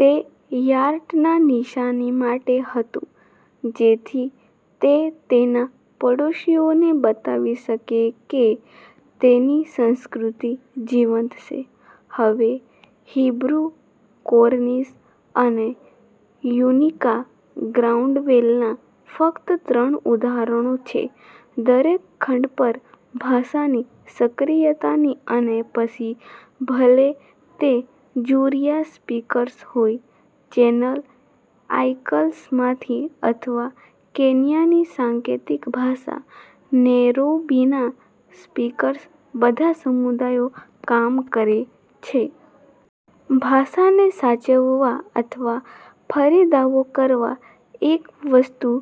તે યાર્ડના નિશાની માટે હતું, જેથી તે તેના પડોશીઓને બતાવી શકે કે તેની સંસ્કૃતિ જીવંત છે. હવે હીબ્રુ, કોર્નિશ અને ટ્યુનિકા ગ્રાઉન્ડવેલના ફક્ત ત્રણ ઉદાહરણો છે. દરેક ખંડ પર ભાષાની સક્રિયતાની અને પછી ભલે તે જુરીયા સ્પીકર્સ હોય ચેનલ આઇલ્સમાંથી અથવા કેન્યાની સાંકેતિક ભાષા નૈરોબીના સ્પીકર્સ બધા સમુદાયો કામ કરે છે. ભાષાને સાચવવા અથવા ફરી દાવો કરવા એક વસ્તુ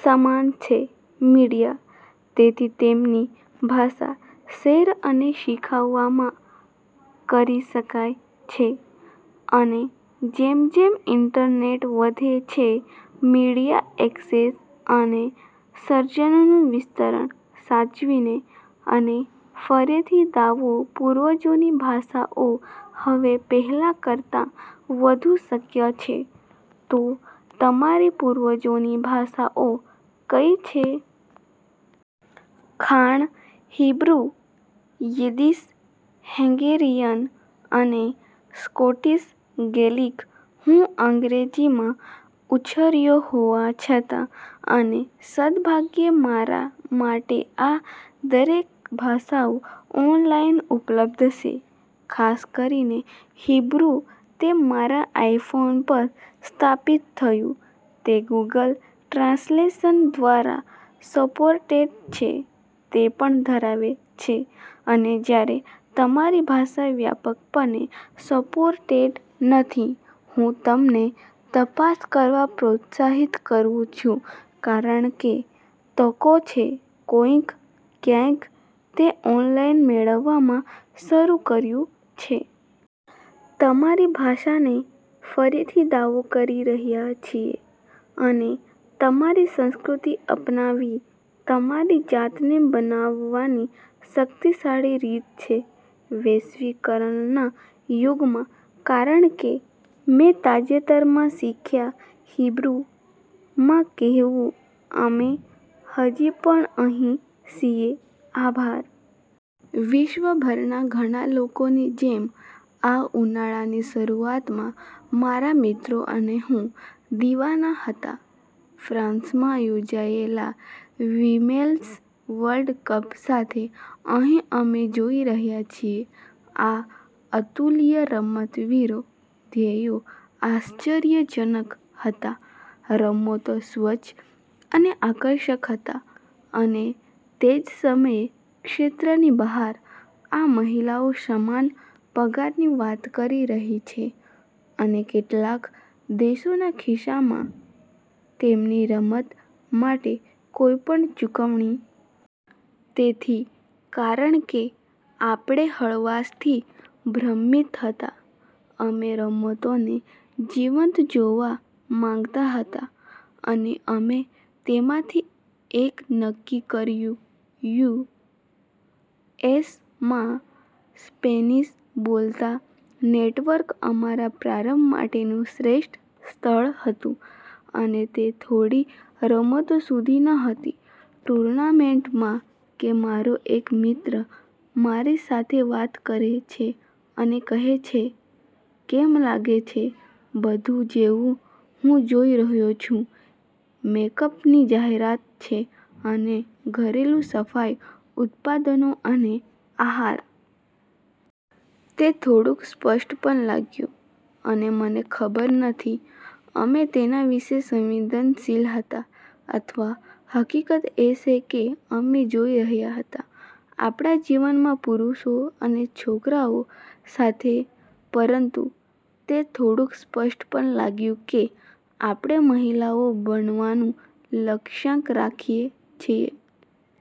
સમાન છે મીડિયા, તેથી તેમની ભાષા શેર અને શીખવવામાં કરી શકાય છે અને જેમ જેમ ઇન્ટરનેટ વધે છે.મીડિયા એક્સેસ અને સર્જનનું વિસ્તરણ, સાચવીને અને ફરીથી દાવો પૂર્વજોની ભાષાઓ હવે પહેલાં કરતાં વધુ શક્ય છે, તો તમારી પૂર્વજોની ભાષાઓ કઈ છે? ખાણ હીબ્રુ, યિદ્દિશ, હંગેરિયન અને સ્કોટિશ ગેલિક, હું અંગ્રેજીમાં ઉછર્યો હોવા છતાં અને સદભાગ્યે મારા માટેઆ દરેક ભાષાઓ ઓનલાઇન ઉપલબ્ધ છે. ખાસ કરીને હીબ્રુ તે મારા આઇફોન પર સ્થાપિત થયું, તે ગૂગલ ટ્રાન્સલેશન દ્વારા સપોર્ટેડ છે, તે પણ ધરાવે છે અને જ્યારે તમારી ભાષા વ્યાપકપણે સપોર્ટેડ નથી હું તમને તપાસ કરવા પ્રોત્સાહિત કરું છું, કારણ કે તકો છે, કોઈક, ક્યાંક, તે ઓનલાઇન મેળવવામાં શરૂ કર્યું છે. તમારી ભાષાને ફરીથી દાવો કરી રહ્યા છીએ અને તમારી સંસ્કૃતિ અપનાવી તમારી જાતને બનવાની શક્તિશાળી રીત છે વૈશ્વિકરણના યુગમાં, કારણ કે મેં તાજેતરમાં શીખ્યા હીબ્રુ માં કહેવું, અમે હજી પણ અહીં છીએ. આભાર. વિશ્વભરના ઘણા લોકોની જેમ, આ ઉનાળાની શરૂઆતમાં મારા મિત્રો અને હું દિવાના હતા ફ્રાન્સમાં યોજાયેલા વિમેન્સ વર્લ્ડ કપ સાથે. અહીં અમે જોઈ રહ્યા છીએ આ અતુલ્ય રમતવીરો, ધ્યેયો આશ્ચર્યજનક હતા, રમતો સ્વચ્છ અને આકર્ષક હતા, અને તે જ સમયે, ક્ષેત્રની બહાર, આ મહિલાઓ સમાન પગારની વાત કરી રહી છે, અને કેટલાક દેશોના કિસ્સામાં, તેમની રમત માટે કોઈપણ ચૂકવણી. તેથી, કારણ કે આપણે હળવાશથી ભ્રમિત હતા, અમે રમતોને જીવંત જોવા માંગતા હતા, અને અમે તેમાંથી એક નક્કી કર્યું યુ. એસ. માં સ્પેનિશ બોલતા નેટવર્ક અમારા પ્રારંભ માટેનું શ્રેષ્ઠ સ્થળ હતું. અને તે થોડી રમતો સુધી ન હતી ટૂર્નામેન્ટમાં કે મારો એક મિત્ર મારી સાથે વાત કરે છે અને કહે છે, "કેમ લાગે છે બધું જેવું હું જોઈ રહ્યો છું મેકઅપની જાહેરાત છે અને ઘરેલું સફાઈ ઉત્પાદનો અને આહાર? " તે થોડુંક સ્પષ્ટ પણ લાગ્યું, અને મને ખબર નથી અમે તેના વિશે સંવેદનશીલ હતા અથવા હકીકત એ છે કે અમે જોઈ રહ્યા હતા આપણા જીવનમાં પુરુષો અને છોકરાઓ સાથે, પરંતુ તે થોડુંક સ્પષ્ટ પણ લાગ્યું કે આપણે મહિલાઓ બનવાનું લક્ષ્યાંક રાખીએ છીએ.